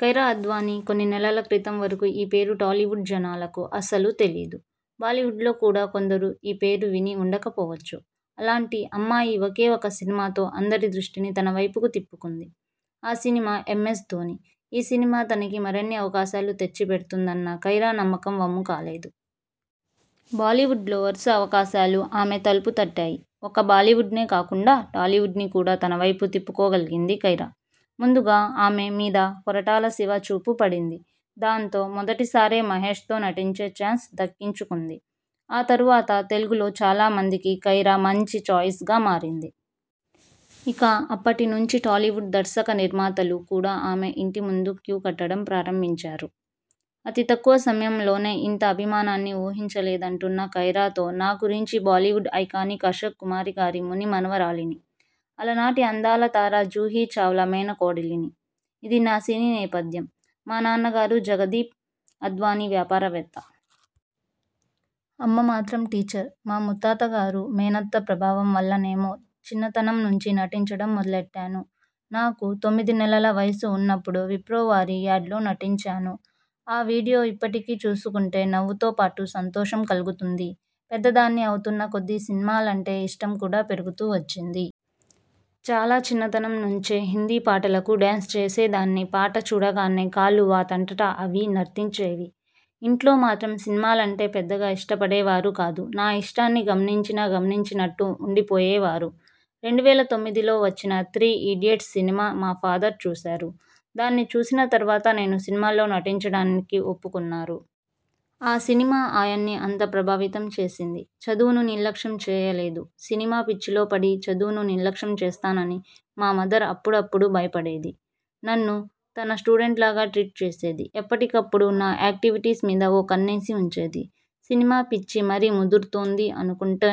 కైరా అద్వానికొన్ని నెలల క్రితం వరకూ ఈ పేరు టాలీవుడ్ జనాలకు అస్సలు తెలీదు. బాలీవుడ్లో కూడా కొందరు ఈ పేరు విని ఉండకపోవచ్చు. అలాంటి అమ్మాయి ఒకే ఒక్క సినిమాతో అందరి దృష్టిని తన వైపుకు తిప్పుకుంది. ఆ సినిమా 'ఎంఎస్ ధోని'. ఈ సినిమా తనకి మరిన్ని అవకాశాలు తెచ్చి పెడుతుందన్న కైరా నమ్మకం వమ్ము కాలేదు. బాలీవుడ్లో వరుస అవకాశాలు ఆమె తలుపు తట్టాయి. ఒక్క బాలీవుడ్నే కాకుండా టాలీవుడ్ని కూడా తన వైపు తిప్పుకోగలిగింది కైరా. ముందుగా ఆమె మీద కొరటాల శివ చూపు పడింది. దాంతో మొదటిసారే మహేష్తో నటించే ఛాన్స్ దక్కించుకుంది. ఆ తరువాత తెలుగులో చాలామందికి కైరా మంచి ఛాయిస్గా మారింది. ఇక అప్పటి నుంచీ టాలీవుడ్ దర్శకనిర్మాతలు కూడా ఆమె ఇంటి ముందు క్యూ కట్టడం ప్రారంభించారు. అతి తక్కువ సమయంలోనే ఇంత అభిమానాన్ని ఊహించలేదంటున్న కైరాతోనా గురించిబాలీవుడ్ ఐకానిక్ అశోక్కుమార్గారి ముని మనవరాలిని. అలనాటి అందాలతార జుహీచావ్లా మేనకోడలిని. ఇదీ నా సినీ నేపథ్యం. మా నాన్నగారు జగదీప్ అద్వాని వ్యాపారవేత్త. అమ్మ మాత్రం టీచర్. మా ముత్తాతగారు, మేనత్త ప్రభావం వల్లనేమో చిన్నతనం నుంచీ నటించడం మొదలెట్టాను. నాకు తొమ్మిది నెలల వయస్సు ఉన్నప్పుడు విప్రోవారి యాడ్లో నటించాను. ఆ వీడియో ఇప్పటికీ చూసుకుంటే నవ్వుతో పాటు సంతోషం కలుగుతుంది. పెద్దదాన్ని అవుతున్న కొద్దీ సినిమాలంటే ఇష్టం కూడా పెరుగుతూ వచ్చింది. చాలా చిన్నతనం నుంచే హిందీ పాటలకు డ్యాన్స్ చేసేదాన్ని. పాట చూడగానే కాళ్ళు వాటంతట అవి నర్తించేవి. ఇంట్లో మాత్రం సినిమాలంటే పెద్దగా ఇష్టపడేవారు కాదు. నా ఇష్టాన్ని గమనించినా గమనించనట్టు ఉండిపోయేవారు. రెండు వేల తొమ్మిది లో వచ్చిన 'త్రీ ఇడియెట్స్' సినిమా మా ఫాదర్ చూశారు. దాన్ని చూసిన తరువాత నేను సినిమాల్లో నటించడానికి ఒప్పుకున్నారు. ఆ సినిమా ఆయన్ని అంత ప్రభావితం చేసింది. చదువును నిర్లక్ష్యం చేయలేదుసినిమా పిచ్చిలో పడి చదువును నిర్లక్ష్యం చేస్తానని మా మదర్ అప్పుడప్పుడు భయపడేది. నన్ను తన స్టూడెంట్లాగే ట్రీట్ చేసేది. ఎప్పటికప్పుడు నా యాక్టివిటీస్ మీద ఓ కన్నేసి ఉంచేది. సినిమా పిచ్చి మరీ ముదురుతోంది అనుకుంటే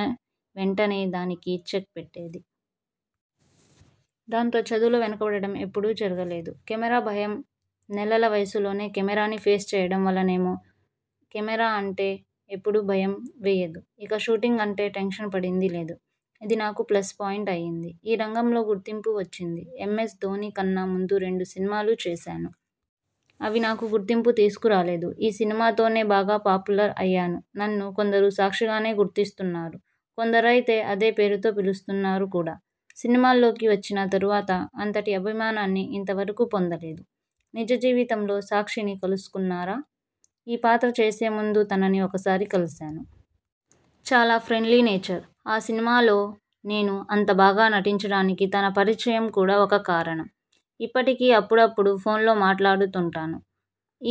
వెంటనే దానికి చెక్ పెట్టేది. దాంతో చదువులో వెనుకపడడం ఎప్పుడూ జరగలేదు. కెమెరా భయంనెలల వయస్సులోనే కెమెరాని ఫేస్ చేయడం వలనేమో కెమెరా అంటే ఎప్పుడూ భయం వేయదు ఇక షూటింగ్ అంటే టెన్షన్ పడిందీ లేదు. ఇది నాకు ప్లస్ పాయింట్ అయింది. ఈ రంగంలో గుర్తింపు వచ్చింది'ఎంఎస్ధోని' కన్నా ముందు రెండు సినిమాలు చేశాను. అవి నాకు గుర్తింపు తీసుకురాలేదు. ఈ సినిమాతోనే బాగా పాపులర్ అయ్యాను. నన్ను కొందరూ సాక్షిగానే గుర్తిస్తున్నారు. కొందరయితే అదే పేరుతో పిలుస్తున్నారు కూడా సినిమాల్లోకి వచ్చిన తరువాత అంతటి అభిమానాన్ని ఇంతవరకూ పొందలేదు. నిజజీవితంలో సాక్షిని కలుసుకున్నారా? ఈ పాత్ర చేసేముందు తనని ఒకసారి కలిసాను. చాలా ఫ్రెండ్లీ నేచర్. ఆ సినిమాలో నేను అంత బాగా నటించడానికి తన పరిచయం కూడా ఒక కారణం. ఇప్పటికీ అప్పుడప్పుడు ఫోన్లో మాట్లాడుతుంటాను.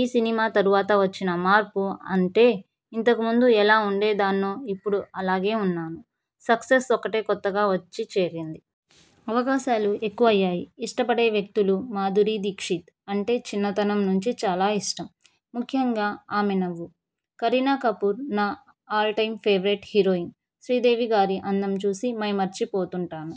ఈ సినిమా తరువాత వచ్చిన మార్పు అంటేఇంతకు ముందు ఎలా ఉండేదాన్నో ఇప్పుడూ అలాగే ఉన్నాను. సక్సెస్ ఒక్కటే కొత్తగా వచ్చి చేరింది. అవకాశాలు ఎక్కువ అయ్యాయి. ఇష్టపడే వ్యక్తులుమాధురీ దీక్షిత్ అంటే చిన్నతనం నుంచి చాలా ఇష్టం. ముఖ్యంగా ఆమె నవ్వు. కరీనాకపూర్ నా ఆల్టైమ్ ఫేవరేట్ హీరోయిన్. శ్రీదేవి గారి అందం చూసి మైమరిచిపోతుంటాను.